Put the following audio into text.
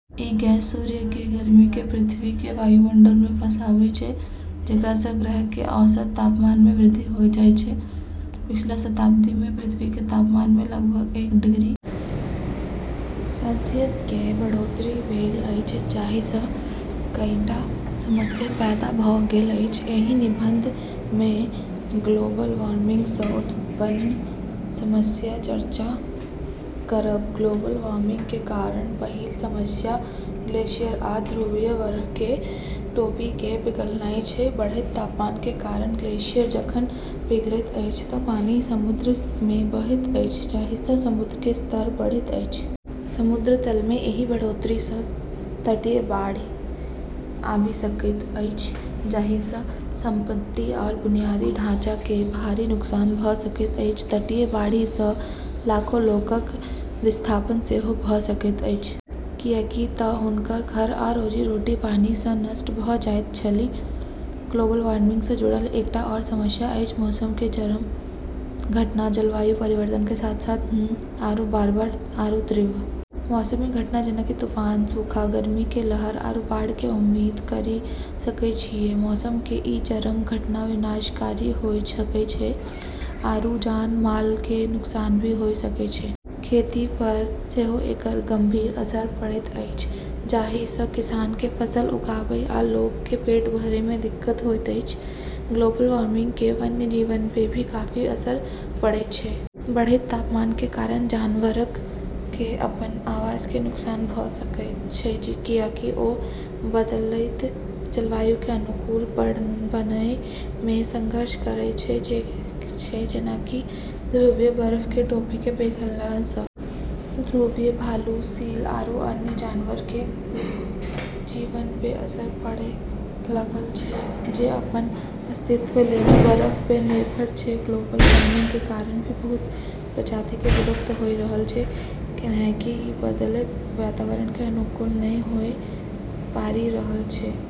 ई gas सूर्य केरऽ गर्मी के पृथ्वी केरऽ वायुमंडल मे फँसाबै छै जेकरा से ग्रह केरऽ औसत तापमान मे वृद्धि होय जाय छै, पिछला शताब्दी में पृथ्वी के तापमान में लगभग एक डिग्री सेल्सियस के बढ़ोतरी भेल अछि जाहि सं कईटा समस्या पैदा भ गेल अछि, एहि निबंध मे ग्लोबल वार्मिंग सँ उत्पन्न समस्याक चर्चा करब, ग्लोबल वार्मिंग के कारण पहिल समस्या ग्लेशियर आ ध्रुवीय बर्फ के टोपी के पिघलनाय छै, बढ़ैत तापमान के कारण ग्लेशियर जखन पिघलैत अछि त पानि समुद्र में बहैत अछि जाहि सं समुद्र के स्तर बढ़ैत अछि. समुद्र तल मे एहि बढ़ोतरी स तटीय बाढ़ि आबि सकैत अछि जाहि स संपत्ति आ बुनियादी ढांचा कए भारी नुकसान भ सकैत अछि, तटीय बाढ़ि सं लाखों लोकक विस्थापन सेहो भ सकैत अछि किएक त हुनकर घर आ रोजी-रोटी पानि सं नष्ट भ जाइत छनि, ग्लोबल वार्मिंग सं जुड़ल एकटा आओर समस्या अछि मौसम के चरम घटना जलवायु परिवर्तन के साथ-साथ हम्म आरू बार-बार आरू तीव्र मौसमी घटना जेना कि तूफान, सूखा, गर्मी के लहर आरू बाढ़ के उम्मीद करी सकै छियै, मौसम केरऽ ई चरम घटना विनाशकारी होय सकै छै आरू जान-माल केरऽ नुकसान भी होय सकै छै, खेती पर सेहो एकर गंभीर असर पड़ैत अछि जाहि सं किसान के फसल उगाबय आ लोक के पेट भरय मे दिक्कत होएत अछि, ग्लोबल वार्मिंग केरऽ वन्यजीवऽ पे भी काफी असर पड़ै छै, बढ़ैत तापमान कें कारण जानवरक कें अपन आवास कें नुकसान भ सकएय छै, कियाकि ओ बदलैत जलवायु कें अनुकूल बनएय मे संघर्ष करएयत छै जेना कि ध्रुवीय बर्फ के टोपी के पिघलला स॑ ध्रुवीय भालू, सील आरू अन्य जानवरऽ के जीवन पे असर पड़े लगलऽ छै जे अपनऽ अस्तित्व लेली बर्फ पे निर्भर छै, ग्लोबल वार्मिंग के कारण भी बहुत प्रजाति के विलुप्त होय रहलऽ छै कैन्हेंकि ई बदलतऽ वातावरण के अनुकूल नै होय पारी रहलऽ छै।